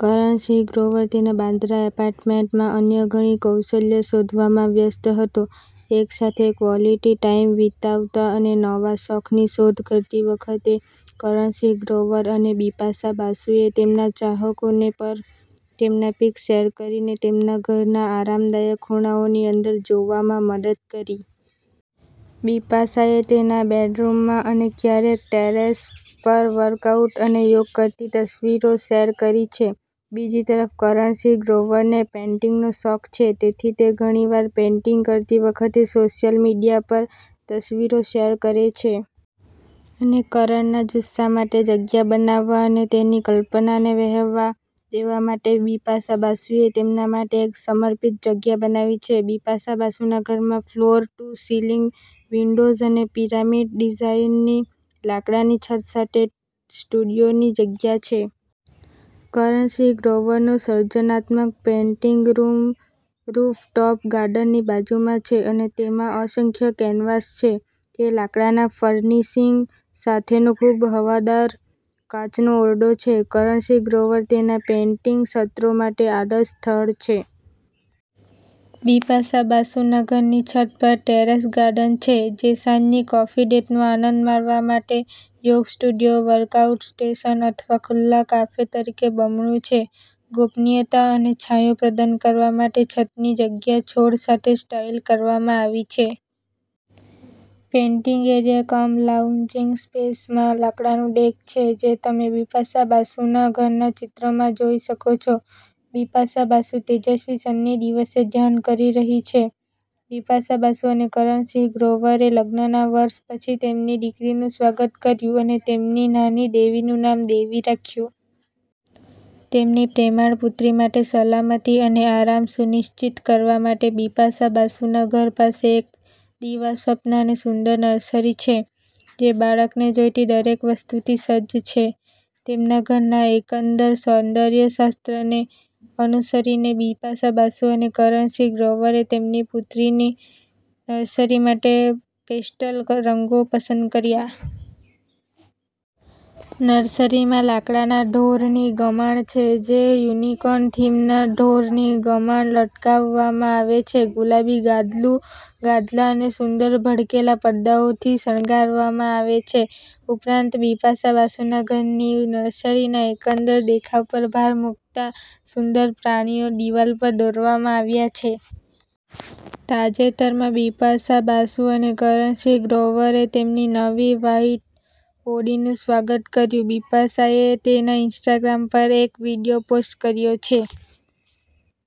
કરણ સિંહ ગ્રોવર તેના બાંદ્રા એપાર્ટમેન્ટમાં અન્ય ઘણી કૌશલ્યો શોધવામાં વ્યસ્ત હતો. એકસાથે ક્વોલિટી ટાઈમ વિતાવતા અને નવા શોખની શોધ કરતી વખતે કરણ સિંહ ગ્રોવર અને બિપાશા બાસુએ તેમના ચાહકોને પર તેમના પિક્સ શેર કરીને તેમના ઘરના આરામદાયક ખૂણાઓની અંદર જોવામાં મદદ કરી. બિપાશાએ તેના બેડરૂમમાં અને ક્યારે ટેરેસ પર વર્કઆઉટ અને યોગ કરતી તસવીરો શેર કરી છે. બીજી તરફ કરણ સિંહ ગ્રોવરને પેઇન્ટિંગનો શોખ છે તેથી તે ઘણીવાર પેઇન્ટિંગ કરતી વખતે સોશિયલ મીડિયા પર તસવીરો શેર કરે છે. અને કરણના જુસ્સા માટે જગ્યા બનાવવા અને તેની કલ્પનાને વહેવા દેવા માટે બિપાશા બાસુએ તેમના માટે એક સમર્પિત જગ્યા બનાવી છે. બિપાશા બાસુના ઘરમાં ફ્લોર-ટુ-સીલિંગ વિન્ડોઝ અને પિરામિડ ડિઝાઇનની લાકડાની છત સાથે સ્ટુડિયોની જગ્યા છે. કરણ સિંહ ગ્રોવરનો સર્જનાત્મક પેઇન્ટિંગ રૂમ રૂફટોપ ગાર્ડનની બાજુમાં છે અને તેમાં અસંખ્ય કેનવાસ છે. તે લાકડાના ફર્નિશિંગ સાથેનો ખૂબ હવાદાર કાચનો ઓરડો છે. કરણ સિંહ ગ્રોવર તેના પેઇન્ટિંગ સત્રો માટે આદર્શ સ્થળ છે. બિપાશા બાસુના ઘરની છત પર ટેરેસ ગાર્ડન છે જે સાંજની કોફી ડેટનો આનંદ માણવા માટે, યોગ સ્ટુડિયો, વર્કઆઉટ સ્ટેશન અથવા ખુલ્લા કાફે તરીકે બમણું છે. ગોપનીયતા અને છાંયો પ્રદાન કરવા માટે છતની જગ્યા છોડ સાથે સ્ટાઇલ કરવામાં આવી છે. પેઇન્ટિંગ એરિયા કમ લાઉન્જિંગ સ્પેસમાં લાકડાનું ડેક છે જે તમે બિપાશા બાસુના ઘરના ચિત્રમાં જોઈ શકો છો. બિપાશા બાસુ તેજસ્વી સન્ની દિવસે ધ્યાન કરી રહી છે. બિપાશા બાસુ અને કરણ સિંહ ગ્રોવરે લગ્નનાવર્ષ પછી તેમની દીકરીનું સ્વાગત કર્યું અને તેમની નાની દેવીનું નામ "દેવી" રાખ્યું. તેમની પ્રેમાળ પુત્રી માટે સલામતી અને આરામ સુનિશ્ચિત કરવા માટે બિપાશા બાસુના ઘર પાસે એક દિવાસ્વપ્ન અને સુંદર નર્સરી છે જે બાળકને જોઈતી દરેક વસ્તુથી સજ્જ છે. તેમના ઘરના એકંદર સૌંદર્ય શાસ્ત્રને અનુસરીને બિપાશા બાસુ અને કરણ સિંહ ગ્રોવરે તેમની પુત્રીની નર્સરી માટે પેસ્ટલ ક રંગો પસંદ કર્યા. નર્સરીમાં લાકડાના ઢોરની ગમાણ છે જે યુનિકોર્ન થીમના ઢોરની ગમાણ લટકાવવામાં આવે છે. ગુલાબી ગાદલું, ગાદલા અને સુંદર ભડકેલા પડદાઓથી શણગારવામાં આવે છે. ઉપરાંત, બિપાશા બાસુના ઘરની નર્સરીના એકંદર દેખાવ પર ભાર મૂકતા, સુંદર પ્રાણીઓ દિવાલ પર દોરવામાં આવ્યા છે. તાજેતરમાં બિપાશા બાસુ અને કરણ સિંહ ગ્રોવરે તેમની નવી વ્હાઇટ ઓડી નું સ્વાગત કર્યું. બિપાશાએ તેના ઇન્સ્ટાગ્રામ પર એક વિડિયો પોસ્ટ કર્યો છે.